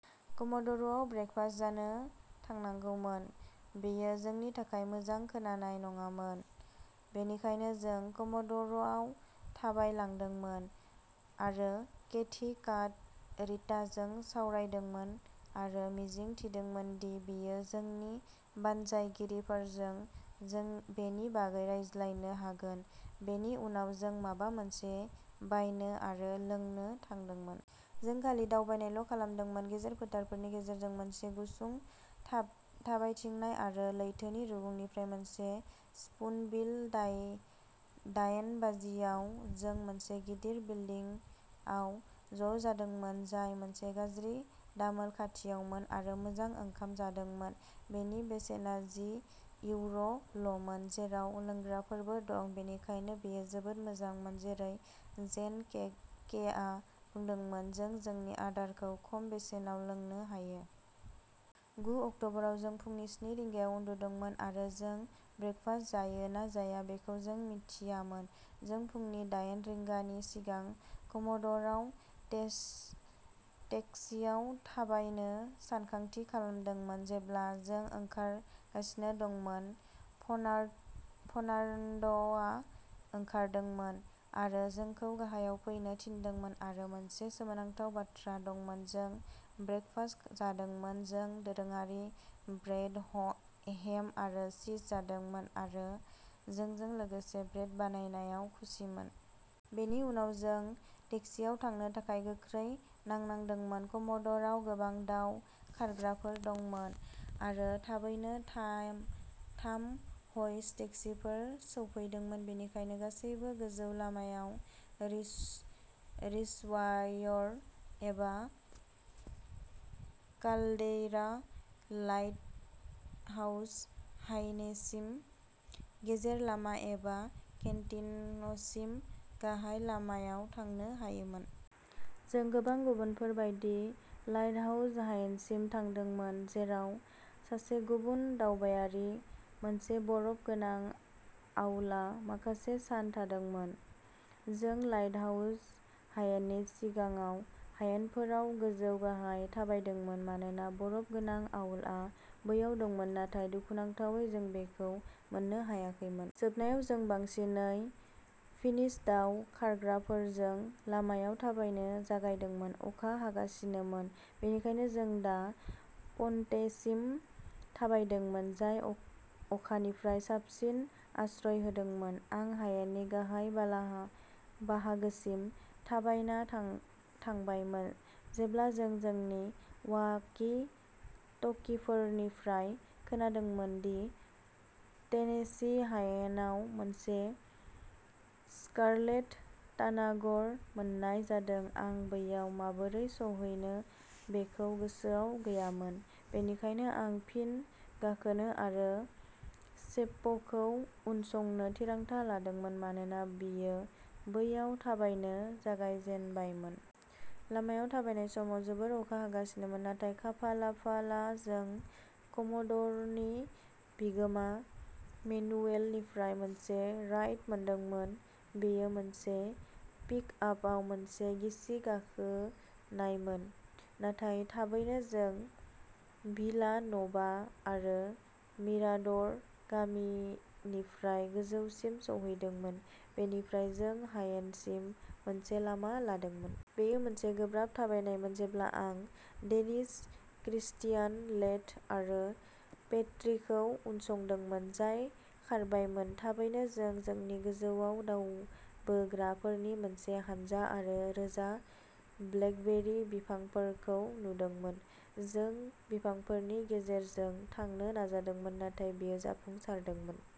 कम'ड'र'आव breakfast जानो थांनांगौमोन। बेयो जोंनि थाखाय मोजां खोनानाय नङामोन। बेनिखायनो जों कम'ड'र'आव थाबायलांदोंमोन आरो केथी काट रिताजों सावरायदोंमोन आरो मिजिं थिदोंमोन दि बियो जोंनि बानजायगिरिफोरजों जों बेनि बागै रायज्लायनो हागोन। बेनि उनाव जों माबा मोनसे बायनो आरो लोंनो थांदोंमोन। जों खालि दावबायनायल' खालामदोंमोन गेजेर फोथारफोरनि गेजेरजों मोनसे गुसुं थाब-थाबायथिंनाय आरो लैथो रुगुंनिफ्राय मोनसे स्पुनबिल। दाय-दायेन बाजियाव जों मोनसे गिदिर बिल्डिंआव ज' जादोंमोन। जाय मोनसे गाज्रि दामोल खाथियावमोन आरो मोजां ओंखाम जादोंमोन। बेनि बेसेना जि इउर'ल'मोन, जेराव लोंग्राफोरबो दं। बेनिखायनो बेयो जोबोद मोजांमोन जेरै जेन के केआ बुंदोंमोन जों जोंनि आदारखौ खम बेसेनाव लोंनो हायो। गु अक्ट'बराव जों फुंनि स्नि रिंगायाव उन्दुदोंमोन आरो जों ब्रेकफास्ट जायो ना जाया बेखौ जेबो मिन्थियामोन। जों फुंनि दायेन रिंगानि सिगां कम'ड'र'आव टेस-टेक्सिआव थाबायनो सानथांखि खालामदोंमोन। जेब्ला जों ओंखारगासिनो दंमोन, फर्ना-फर्नान्ड'आ ओंखारदोंमोन। आरो जोंखौ गाहायाव फैनो थिनदोंमोन आरो मोनसे सोमोनांथाव बाथ्रा दंमोन जों ब्रेकफास्ट जादोंमोन। जों दोरोङारि ब्रेड, ह-हेम आरो चीज जादोंमोन आरो जोंजों लोगोसे ब्रेड बानायनायाव खुसिमोन। बेनि उनाव जों टेक्सिआव थांनो थाखाय गोख्रै नांनांदोंमोन। कम'डर'आव गोबां दाव खारग्राफोर दंमोन आरो थाबैनो थाइ-थाम हइस टेक्सिफोर सौफैदोंमोन। बेनिखायनो गासैबो गोजौ लामायाव रिस-रिसर्वायर एबा काल्डेरा, लाइटहाउस हायेनिसिम गेजेर लामा एबा केन्टिनह'सिम गाहाय लामायाव थांनो हायोमोन। जों गोबां गुबुनफोर बायदि, लाइटहाउस हायेनसिम थांदोंमोन। जेराव सासे गुबुन दावबायारि मोनसे बरफ गोनां आउलआ माखासे सान थादोंमोन। जों लाइटहाउस हायेननि सिगाङाव हायेनफोराव गोजौ गाहाय थाबायदोंमोन। मानोना बरफ गोनां आउलआ बैयाव दंमोन। नाथाय दुखुनांथावै जों बेखौ मोननो हायाखैमोन। जोबनायाव जों बांसिनै फिनिश दाव खारग्राफोरजों लामायाव थाबायनो जागायदोंमोन। अखा हागासिनोमोन। बेनिखायनो जों दा पन्टेसिम थाबायदोंमोन। जाय अ-अखानिफ्राय साबसिन आश्रय होदोंमोन। आं हायेननि गाहाय बालाहा बाहागोसिम थाबायना थां-थांबायमोन। जेब्ला जों जोंनि वाकि-टकिफोरनिफ्राय खोनादोंमोन दि टेनेसि हायेनाव मोनसे स्कारलेट तानागर मोननाय जादों। आं बैयाव माबोरै सौहैनो। बेखौ गोसोआव गैयामोन। बेनिखायनो आं फिन गाखोनो आरो सेप्प'खौ उनसंनो थिरांथा लादोंमोन। मानोना बियो बैयाव थाबायनो जागायजेनबायमोन। लामायाव थाबायनाय समाव जोबोद अखा हागासिनोमोन। नाथाय खाफालाफाला जों कम'डर'नि बिगोमा मेनुएलनिफ्राय मोनसे राइड मोनदोंमोन। बेयो मोनसे पिकआपआव मोनसे गिसि गाखोनायमोन। नाथाय थाबैनो जों भिला नभा आरो मिराड'र गामिनिफ्राय गोजौसिम सौहैदोंमोन। बेनिफ्राय जों हायेनसिम मोनसे लामा लादोंमोन। बेयो मोनसे गोब्राब थाबायनायमोन जेब्ला आं डेनिश क्रिस्टियान लेथ आरो पेट्रिखौ उनसंदोंमोन, जाय खारबायमोन। थाबैनो जों जोंनि गोजौआव दावबोग्राफोरनि मोनसे हानजा आरो रोजा ब्लेकबेरी बिफांफोरखौ नुदोंमोन। जों बिफांफोरनि गेजेरजों थांनो नाजादोंमोन, नाथाय बेयो जाफुंसारदोंमोन।